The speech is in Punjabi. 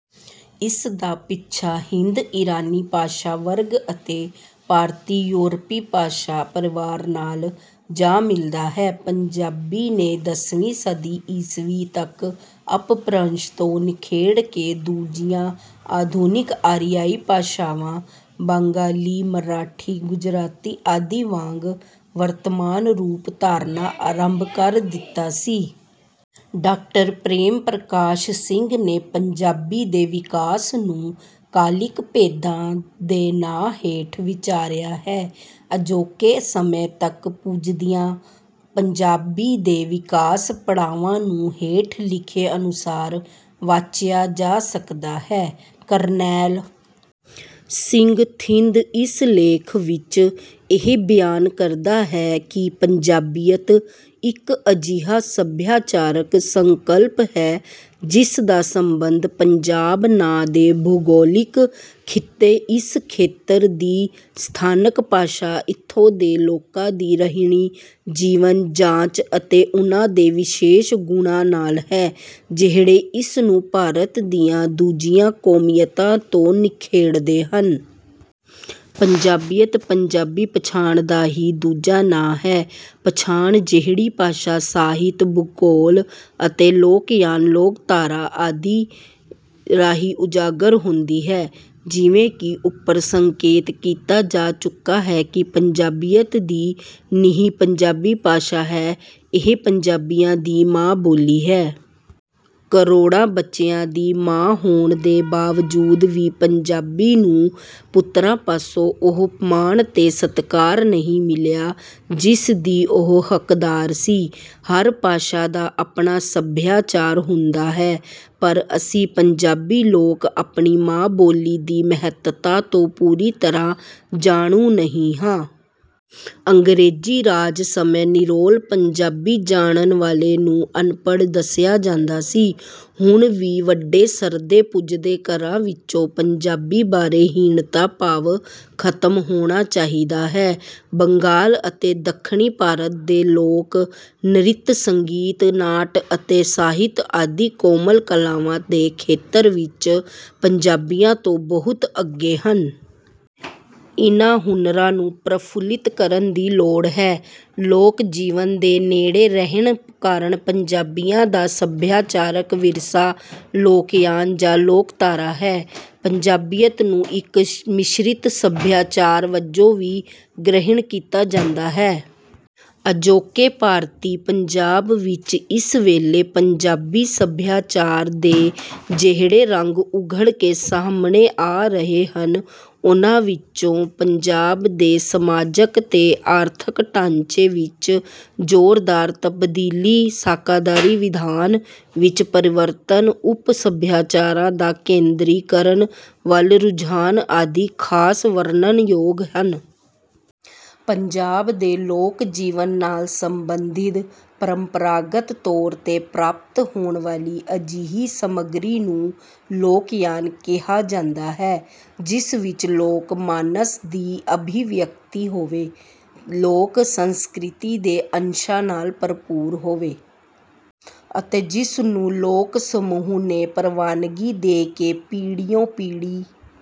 ਇਸ ਦਾ ਪਿੱਛਾ ਹਿੰਦ ਈਰਾਨੀ ਭਾਸ਼ਾ ਵਰਗ ਅਤੇ ਭਾਰਤੀ ਯੂਰਪੀ ਭਾਸ਼ਾ ਪਰਿਵਾਰ ਨਾਲ ਜਾ ਮਿਲਦਾ ਹੈ। ਪੰਜਾਬੀ ਨੇ ਦਸਵੀਂ ਸਦੀ ਈਸਵੀ ਤੱਕ ਅਪਭ੍ਰੰਸ਼ ਤੋਂ ਨਿਖੇੜ ਕੇ ਦੂਜੀਆਂ ਆਧੁਨਿਕ ਆਰੀਆਈ ਭਾਸ਼ਾਵਾਂ ਬੰਗਾਲੀ ਮਰਾਠੀ ਗੁਜਰਾਤੀ ਆਦਿ ਵਾਂਗ ਵਰਤਮਾਨ ਰੂਪ ਧਾਰਨਾ ਆਰੰਭ ਕਰ ਦਿੱਤਾ ਸੀ। ਡਾਕਟਰ ਪ੍ਰੇਮ ਪ੍ਰਕਾਸ਼ ਸਿੰਘ ਨੇ ਪੰਜਾਬੀ ਦੇ ਵਿਕਾਸ ਨੂੰ ਕਾਲਿਕ ਭੇਦਾਂ ਦੇ ਨਾਂ ਹੇਠ ਵਿਚਾਰਿਆ ਹੈ। ਅਜੋਕੇ ਸਮੇਂ ਤੱਕ ਪੁੱਜਦਿਆਂ ਪੰਜਾਬੀ ਦੇ ਵਿਕਾਸ ਪੜਾਵਾਂ ਨੂੰ ਹੇਠ ਲਿਖੇ ਅਨੁਸਾਰ ਵਾਚਿਆ ਜਾ ਸਕਦਾ ਹੈ। ਕਰਨੈਲ ਸਿੰਘ ਥਿੰਦ ਇਸ ਲੇਖ ਵਿੱਚ ਇਹ ਬਿਆਨ ਕਰਦਾ ਹੈ ਕਿ ਪੰਜਾਬੀਅਤ ਇੱਕ ਅਜਿਹਾ ਸੱਭਿਆਚਾਰਕ ਸੰਕਲਪ ਹੈ ਜਿਸ ਦਾ ਸੰਬੰਧ ਪੰਜਾਬ ਨਾਂ ਦੇ ਭੂਗੋਲਿਕ ਖਿੱਤੇ ਇਸ ਖੇਤਰ ਦੀ ਸਥਾਨਕ ਭਾਸ਼ਾ ਇਥੋਂ ਦੇ ਲੋਕਾਂ ਦੀ ਰਹਿਣੀ ਜੀਵਨ ਜਾਚ ਅਤੇ ਉਨ੍ਹਾਂ ਦੇ ਵਿਸ਼ੇਸ਼ ਗੁਣਾਂ ਨਾਲ ਹੈ ਜਿਹੜੇ ਇਸ ਨੂੰ ਭਾਰਤ ਦੀਆਂ ਦੂਜੀਆਂ ਕੌਮੀਅਤਾਂ ਤੋਂ ਨਿਖੇੜਦੇ ਹਨ। ਪੰਜਾਬੀਅਤ ਪੰਜਾਬੀ ਪਛਾਣ ਦਾ ਹੀ ਦੂਜਾ ਨਾਂ ਹੈ। ਪਛਾਣ ਜਿਹੜੀ ਭਾਸ਼ਾ ਸਾਹਿਤ ਭੂਗੋਲ ਅਤੇ ਲੋਕਯਾਨ ਲੋਕਧਾਰਾ ਆਦਿ ਰਾਹੀਂ ਉਜਾਗਰ ਹੁੰਦੀ ਹੈ। ਜਿਵੇਂ ਕਿ ਉੱਪਰ ਸੰਕੇਤ ਕੀਤਾ ਜਾ ਚੁੱਕਾ ਹੈ ਕਿ ਪੰਜਾਬੀਅਤ ਦੀ ਨੀਂਹ ਪੰਜਾਬੀ ਭਾਸ਼ਾ ਹੈ ਇਹ ਪੰਜਾਬੀਆਂ ਦੀ ਮਾਂ ਬੋਲੀ ਹੈ। ਕਰੋੜਾਂ ਬੱਚਿਆਂ ਦੀ ਮਾਂ ਹੋਣ ਦੇ ਬਾਵਜੂਦ ਵੀ ਪੰਜਾਬੀ ਨੂੰ ਪੁੱਤਰਾਂ ਪਾਸੋਂ ਉਹ ਮਾਣ ਤੇ ਸਤਿਕਾਰ ਨਹੀਂ ਮਿਲਿਆ ਜਿਸ ਦੀ ਉਹ ਹੱਕਦਾਰ ਸੀ। ਹਰ ਭਾਸ਼ਾ ਦਾ ਆਪਣਾ ਸੱਭਿਆਚਾਰ ਹੁੰਦਾ ਹੈ। ਪਰ ਅਸੀਂ ਪੰਜਾਬੀ ਲੋਕ ਆਪਣੀ ਮਾਂ ਬੋਲੀ ਦੀ ਮਹੱਤਤਾ ਤੋਂ ਪੂਰੀ ਤਰ੍ਹਾਂ ਜਾਣੂ ਨਹੀਂ ਹਾਂ। ਅੰਗਰੇਜ਼ੀ ਰਾਜ ਸਮੇਂ ਨਿਰੋਲ ਪੰਜਾਬੀ ਜਾਣਨ ਵਾਲੇ ਨੂੰ ਅਨਪੜ੍ਹ ਦੱਸਿਆ ਜਾਂਦਾ ਸੀ। ਹੁਣ ਵੀ ਵੱਡੇ ਸਰਦੇ ਪੁਜਦੇ ਘਰਾਂ ਵਿੱਚੋਂ ਪੰਜਾਬੀ ਬਾਰੇ ਹੀਣਤਾ ਭਾਵ ਖਤਮ ਹੋਣਾ ਚਾਹੀਦਾ ਹੈ। ਬੰਗਾਲ ਅਤੇ ਦੱਖਣੀ ਭਾਰਤ ਦੇ ਲੋਕ ਨ੍ਰਿਤ ਸੰਗੀਤ ਨਾਟ ਅਤੇ ਸਾਹਿਤ ਆਦਿ ਕੋਮਲ ਕਲਾਵਾਂ ਦੇ ਖੇਤਰ ਵਿੱਚ ਪੰਜਾਬੀਆਂ ਤੋਂ ਬਹੁਤ ਅੱਗੇ ਹਨ। ਇਨ੍ਹਾਂ ਹੁਨਰਾਂ ਨੂੰ ਪ੍ਰਫੁੱਲਿਤ ਕਰਨ ਦੀ ਲੋੜ ਹੈ। ਲੋਕ ਜੀਵਨ ਦੇ ਨੇੜੇ ਰਹਿਣ ਕਾਰਨ ਪੰਜਾਬੀਆਂ ਦਾ ਸੱਭਿਆਚਾਰਕ ਵਿਰਸਾ ਲੋਕਯਾਨ ਜਾਂ ਲੋਕਧਾਰਾ ਹੈ। ਪੰਜਾਬੀਅਤ ਨੂੰ ਇੱਕ ਮਿਸ਼ਰਿਤ ਸੱਭਿਆਚਾਰ ਵਜੋਂ ਵੀ ਗ੍ਰਹਿਣ ਕੀਤਾ ਜਾਂਦਾ ਹੈ। ਅਜੋਕੇ ਭਾਰਤੀ ਪੰਜਾਬ ਵਿੱਚ ਇਸ ਵੇਲੇ ਪੰਜਾਬੀ ਸੱਭਿਆਚਾਰ ਦੇ ਜਿਹੜੇ ਰੰਗ ਉਘੜ ਕੇ ਸਾਹਮਣੇ ਆ ਰਹੇ ਹਨ ਉਨ੍ਹਾਂ ਵਿੱਚੋਂ ਪੰਜਾਬ ਦੇ ਸਮਾਜਕ ਤੇ ਆਰਥਕ ਢਾਂਚੇ ਵਿੱਚ ਜ਼ੋਰਦਾਰ ਤਬਦੀਲੀ ਸਾਕਾਦਾਰੀ ਵਿਧਾਨ ਵਿੱਚ ਪਰਿਵਰਤਨ ਉਪ ਸੱਭਿਆਚਾਰਾਂ ਦਾ ਕੇਂਦਰੀਕਰਨ ਵੱਲ ਰੁਝਾਨ ਆਦਿ ਖਾਸ ਵਰਨਣਯੋਗ ਹਨ। ਪੰਜਾਬ ਦੇ ਲੋਕ ਜੀਵਨ ਨਾਲ ਸੰਬੰਧਿਤ ਪਰੰਪਰਾਗਤ ਤੌਰ ਤੇ ਪ੍ਰਾਪਤ ਹੋਣ ਵਾਲੀ ਅਜਿਹੀ ਸਮੱਗਰੀ ਨੂੰ ਲੋਕਯਾਨ ਕਿਹਾ ਜਾਂਦਾ ਹੈ ਜਿਸ ਵਿੱਚ ਲੋਕ ਮਾਨਸ ਦੀ ਅਭਿਵਿਅਕਤੀ ਹੋਵੇ ਲੋਕ ਸੰਸਕ੍ਰਿਤੀ ਦੇ ਅੰਸ਼ਾਂ ਨਾਲ ਭਰਪੂਰ ਹੋਵੇ ਅਤੇ ਜਿਸ ਨੂੰ ਲੋਕ ਸਮੂਹ ਨੇ ਪ੍ਰਵਾਨਗੀ ਦੇ ਕੇ ਪੀੜ੍ਹੀਓ ਪੀੜ੍ਹੀ